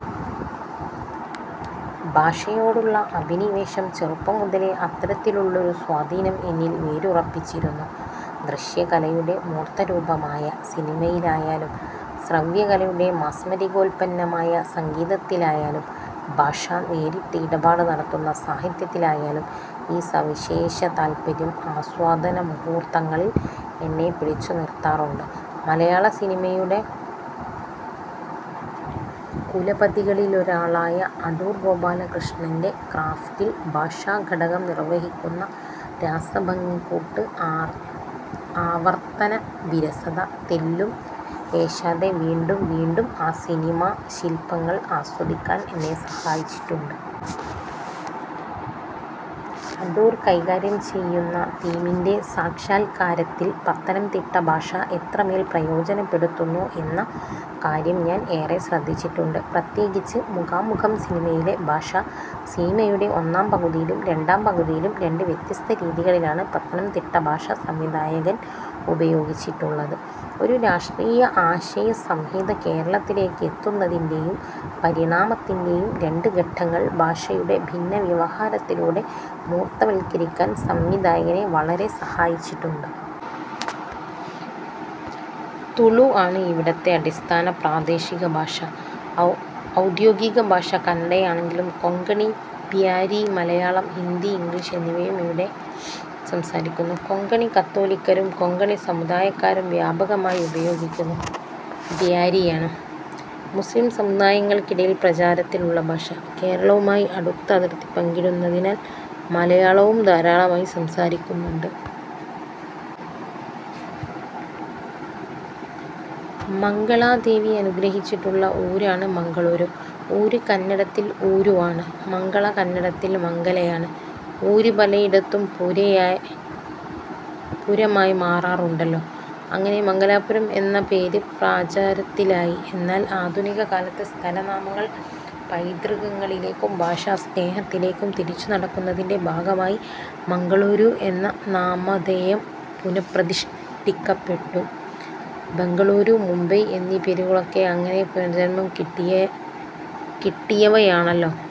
ഭാഷയോടുള്ള അഭിനിവേശം ചെറുപ്പം മുതലേ അത്തരത്തിലുള്ളൊരു സ്വാധീനം എന്നിൽ വേരുറപ്പിച്ചിരുന്നു. ദൃശ്യകലയുടെ മൂർത്തരൂപമായ സിനിമയിലായാലും ശ്രവ്യകലയുടെ മാസ്മരികോൽപ്പന്നമായ സംഗീതത്തിലായാലും ഭാഷ നേരിട്ട് ഇടപാട് നടത്തുന്ന സാഹിത്യത്തിലായാലും ഈ സവിശേഷതാൽപ്പര്യം ആസ്വാദനമുഹൂർത്തങ്ങളിൽ എന്നെ പിടിച്ചു നിർത്താറുണ്ട്. മലയാളസിനിമയുടെ കുലപതികളിലൊരാളായ അടൂർ ഗോപാലകൃഷ്ണന്റെ ക്രാഫ്റ്റിൽ ഭാഷാഘടകം നിർവഹിക്കുന്ന രാസഭംഗിക്കൂട്ട് ആവർത്തനവിരസത തെല്ലും ഏശാതെ വീണ്ടും വീണ്ടും ആ സിനിമാശിൽപ്പങ്ങൾ ആസ്വദിക്കാൻ എന്നെ സഹായിച്ചിട്ടുണ്ട്. അടൂർ കൈകാര്യം ചെയ്യുന്ന തീമിൻറെ സാക്ഷാൽക്കാരത്തിൽ പത്തനംതിട്ട ഭാഷ എത്രമേൽ പ്രയോജനപ്പെടുത്തുന്നു എന്ന കാര്യം ഞാൻ ഏറെ ശ്രദ്ധിച്ചിട്ടുണ്ട്. പ്രത്യേകിച്ച് മുഖാമുഖം സിനിമയിലെ ഭാഷ. സിനിമയുടെ ഒന്നാം പകുതിയിലും രണ്ടാം പകുതിയിലും രണ്ട് വ്യത്യസ്ത രീതികളിലാണ് പത്തനംതിട്ട ഭാഷ സംവിധായകൻ ഉപയോഗിച്ചിട്ടുള്ളത്. ഒരു രാഷ്ട്രീയ ആശയസംഹിത കേരളത്തിലേക്ക് എത്തുന്നതിന്റെയും പരിണാമത്തിന്റെയും രണ്ട് ഘട്ടങ്ങൾ ഭാഷയുടെ ഭിന്നവ്യവഹാരത്തിലൂടെ മൂർത്തവൽക്കരിക്കാൻ സംവിധായകനെ വളരെ സഹായിച്ചിട്ടുണ്ട്. തുളു ആണ് ഇവിടത്തെ അടിസ്ഥാന പ്രാദേശികഭാഷ. ഔദ്യോഗികഭാഷ കന്നഡയാണെങ്കിലും കൊങ്കണി, ബ്യാരി, മലയാളം, ഹിന്ദി, ഇംഗ്ലീഷ് എന്നിവയും ഇവിടെ സംസാരിക്കുന്നു. കൊങ്കണി കത്തോലിക്കരും കൊങ്കണി സമുദായക്കാരും വ്യാപകമായി ഉപയോഗിക്കുന്നു. ബ്യാരിയാണ് മുസ്ലിം സമുദായങ്ങൾക്കിടയിൽ പ്രചാരത്തിലുള്ള ഭാഷ. കേരളവുമായി അടുത്ത അതിർത്തി പങ്കിടുന്നതിനാൽ മലയാളവും ധാരാളമായി സംസാരിക്കുന്നുണ്ട്. മംഗളാദേവി അനുഗ്രഹിച്ചിട്ടുള്ള ഊരാണ് മംഗളൂരു. ഊര് കന്നഡത്തിൽ 'ഊരു'വാണ്. മംഗള കന്നഡത്തിൽ മംഗലയാണ്. ഊര് പലയിടത്തും പുരമായി മാറാറുണ്ടല്ലോ. അങ്ങനെ മംഗലാപുരം എന്ന പേര് പ്രചാരത്തിലായി. എന്നാൽ ആധുനികകാലത്ത് സ്ഥലനാമങ്ങൾ പൈതൃകങ്ങളിലേക്കും ഭാഷാസ്നേഹത്തിലേക്കും തിരിച്ചുനടക്കുന്നതിന്റെ ഭാഗമായി മംഗളൂരു എന്ന നാമധേയം പുന:പ്രതിഷ്ഠിക്കപ്പെട്ടു. ബംഗളൂരു, മുംബൈ എന്നീ പേരുകളൊക്കെ അങ്ങനെ പുനർജന്മം കിട്ടിയവയാണല്ലോ.